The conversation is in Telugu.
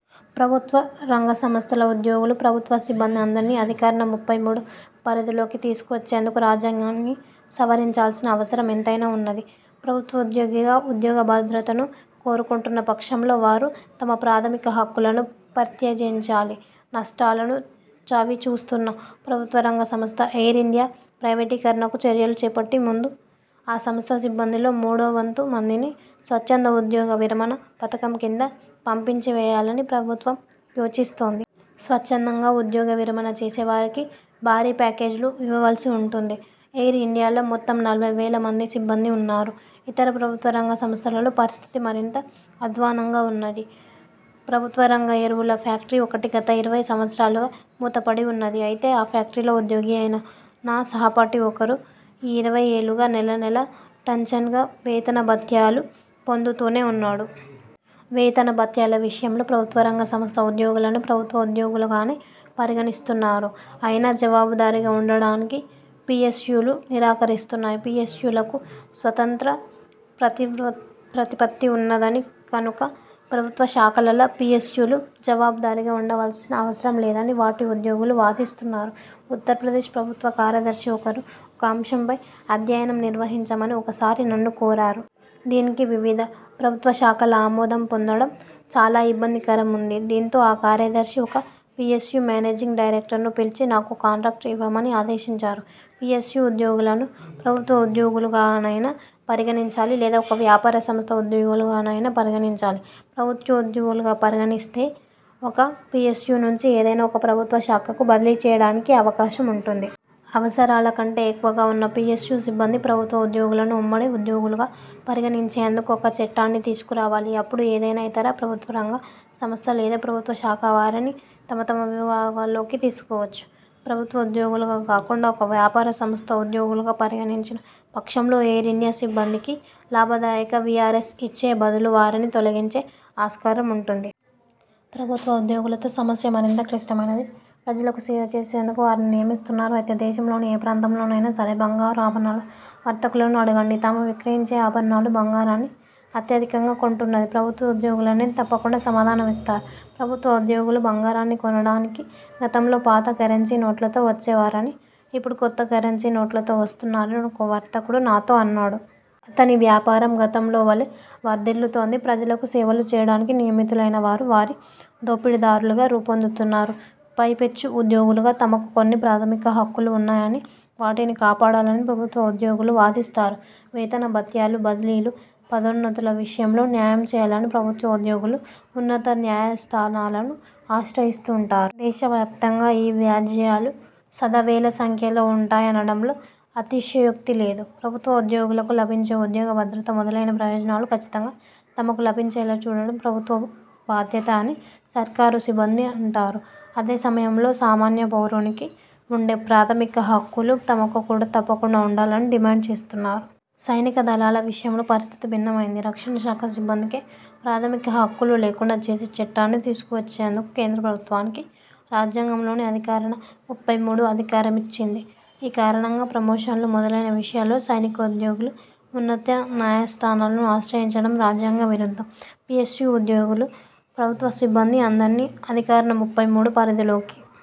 ప్రభుత్వ రంగ సంస్థల ఉద్యోగులు, ప్రభుత్వ సిబ్బంది అందరినీ అధికరణ ముప్పై మూడు పరిధి లోకి తీసుకువచ్చేందుకు రాజ్యాంగాన్ని సవరించాల్సిన అవసరం ఎంతైనా వున్నది. ప్రభుత్వోద్యోగిగా ఉద్యోగ భద్రతను కోరుకొంటున్న పక్షంలో వారు తమ ప్రాథమిక హక్కులను పరిత్యజించాలి. నష్టాలను చవిచూస్తున్న ప్రభుత్వరంగ సంస్థ ఎయిర్ ఇండియా ప్రైవేటీకరణకు చర్యలు చేపట్టే ముందు, ఆ సంస్థ సిబ్బందిలో మూడో వంతు మందిని స్వచ్ఛంద ఉద్యోగవిరమణ పథకం కింద పంపించివేయాలని ప్రభుత్వం యోచిస్తోంది. స్వచ్ఛందంగా ఉద్యోగ విరమణ చేసేవారికి భారీ ప్యాకేజీలు ఇవ్వవలసివుంటుంది. ఎయిర్ ఇండియాలో మొత్తం నలభై వేల మంది సిబ్బంది వున్నారు. ఇతర ప్రభుత్వరంగ సంస్థలలో పరిస్థితి మరింత అధ్వాన్నంగా వున్నది. ప్రభుత్వ రంగ ఎరువుల ఫ్యాక్టరీ ఒకటి గత ఇరవై సంవత్సరాలుగా మూతపడివున్నది. అయితే, ఆ ఫ్యాక్టరీలో ఉద్యోగి అయిన నా సహపాఠి ఒకరు ఈ ఇరవై ఏళ్ళుగా నెలనెలా ఠంచన్గా వేతనభత్యాలు పొందుతూనే వున్నాడు! వేతన భత్యాల విషయంలో ప్రభుత్వ రంగ సంస్థ ఉద్యోగులను ప్రభుత్వ ఉద్యోగులుగానే పరిగణిస్తున్నారు. అయినా జవాబుదారీగా వుండడానికి పిఎస్యులు నిరాకరిస్తున్నాయి. పిఎస్యులకు స్వతంత్ర ప్రతిపత్తి ఉన్నదని, కనుక ప్రభుత్వ శాఖలలా పిఎస్యులు జవాబుదారీగా వుండవల్సిన అవసరంలేదని వాటి ఉద్యోగులు వాదిస్తున్నారు. ఉత్తరప్రదేశ్ ప్రభుత్వ కార్యదర్శి ఒకరు ఒక అంశంపై అధ్యయనం నిర్వహించమని ఒకసారి నన్ను కోరారు. దీనికి వివిధ ప్రభుత్వ శాఖల ఆమోదం పొందడం చాలా ఇబ్బందికరమయింది. దీంతో ఆ కార్యదర్శి ఒక పిఎస్యు మేనేజింగ్ డైరెక్టర్ను పిలిచి నాకు కాంట్రాక్టు ఇవ్వమని ఆదేశించారు. పిఎస్యు ఉద్యోగులను ప్రభుత్వోద్యోగులుగానైనా పరిగణించాలి లేదా ఒక వ్యాపార సంస్థ ఉద్యోగులుగానైనా పరిగణించాలి. ప్రభుత్వోద్యోగులుగా పరిగణిస్తే ఒక పిఎస్యు నుంచి ఏదైనా ఒక ప్రభుత్వ శాఖకు బదిలీ చేయడానికి అవకాశముంటుంది. అవసరాల కంటే ఎక్కువగా వున్న పిఎస్యు సిబ్బంది, ప్రభుత్వోద్యోగులను ఉమ్మడి ఉద్యోగులుగా పరిగణించేందుకు ఒక చట్టాన్ని తీసుకురావాలి. అప్పుడు ఏదైనా ఇతర ప్రభుత్వరంగ సంస్థ లేదా ప్రభుత్వ శాఖ వారిని తమ తమ విభాగాలలోకి తీసుకోవచ్చు. ప్రభుత్వోద్యోగులుగా కాకుండా ఒక వ్యాపారసంస్థ ఉద్యోగులుగా పరిగణించిన పక్షంలో ఎయిర్ ఇండియా సిబ్బందికి లాభదాయక విఆర్ఎస్ ఇచ్చే బదులు వారిని తొలగించే ఆస్కారముంటుంది. ప్రభుత్వోద్యోగులతో సమస్య మరింత క్లిష్టమైనది. ప్రజలకు 'సేవ' చేసేందుకు వారిని నియమిస్తున్నారు. అయితే దేశంలోని ఏ ప్రాంతంలోనైనా సరే బంగారు ఆభరణాల వర్తకులను అడగండి. తాము విక్రయించే ఆభరణాలు, బంగారాన్ని అత్యధికంగా కొంటున్నది ప్రభుత్వోగులేనని తప్పకుండా సమాధానమిస్తారు. ప్రభుత్వోద్యోగులు బంగారాన్ని కొనడానికి గతంలో పాత కరెన్సీ నోట్లతో వచ్చేవారని, ఇప్పుడు కొత్త కరెన్సీ నోట్లతో వస్తున్నారని ఒక వర్తకుడు నాతో అన్నాడు. అతని వ్యాపారం గతంలోవలే వర్థిల్లుతోంది. ప్రజలకు సేవలు చేయడానికి నియమితులైనవారు వారి దోపిడీదారులుగా రూపొందుతున్నారు! పైపెచ్చు ఉద్యోగులుగా తమకు కొన్ని ప్రాథమిక హక్కులు ఉన్నాయని, వాటిని కాపాడాలని ప్రభుత్వోద్యోగులు వాదిస్తారు. వేతన భత్యాలు, బదిలీలు, పదోన్నతుల విషయంలో న్యాయం చేయాలని ప్రభుత్వోద్యోగులు ఉన్నత న్యాయస్థానాలను ఆశ్రయిస్తుంటారు. దేశవ్యాప్తంగా ఈ వ్యాజ్యాలు సదా వేల సంఖ్యలో ఉంటాయనడంలో అతిశయోక్తి లేదు. ప్రభుత్వోద్యోగులకు లభించే ఉద్యోగ భద్రత మొదలైన ప్రయోజనాలు కచ్చితంగా తమకు లభించేలా చూడడం ప్రభుత్వ బాధ్యత అని సర్కారు సిబ్బంది అంటారు. అదే సమయంలో సామన్య పౌరునికి వుండే ప్రాథమిక హక్కులు తమకు కూడా తప్పకుండా వుండాలని డిమాండ్ చేస్తున్నారు. సైనిక దళాల విషయంలో పరిస్థితి భిన్నమైనది. రక్షణ శాఖ సిబ్బందికి ప్రాథమిక హక్కులు లేకుండా చేసే చట్టాన్ని తీసుకువచ్చేందుకు కేంద్ర ప్రభుత్వానికి రాజ్యాంగంలోని అధికరణ ముప్పై మూడు అధికారమిచ్చింది. ఈ కారణంగా ప్రమోషన్లు మొదలైన విషయాలలో సైనికోద్యోగులు ఉన్నతన్యాయస్థానాలను ఆశ్రయించడం రాజ్యాంగ విరుద్ధం. పిఎస్యు ఉద్యోగులు, ప్రభుత్వ సిబ్బంది అందరినీ అధికరణ ముప్పై మూడు పరిధిలోకి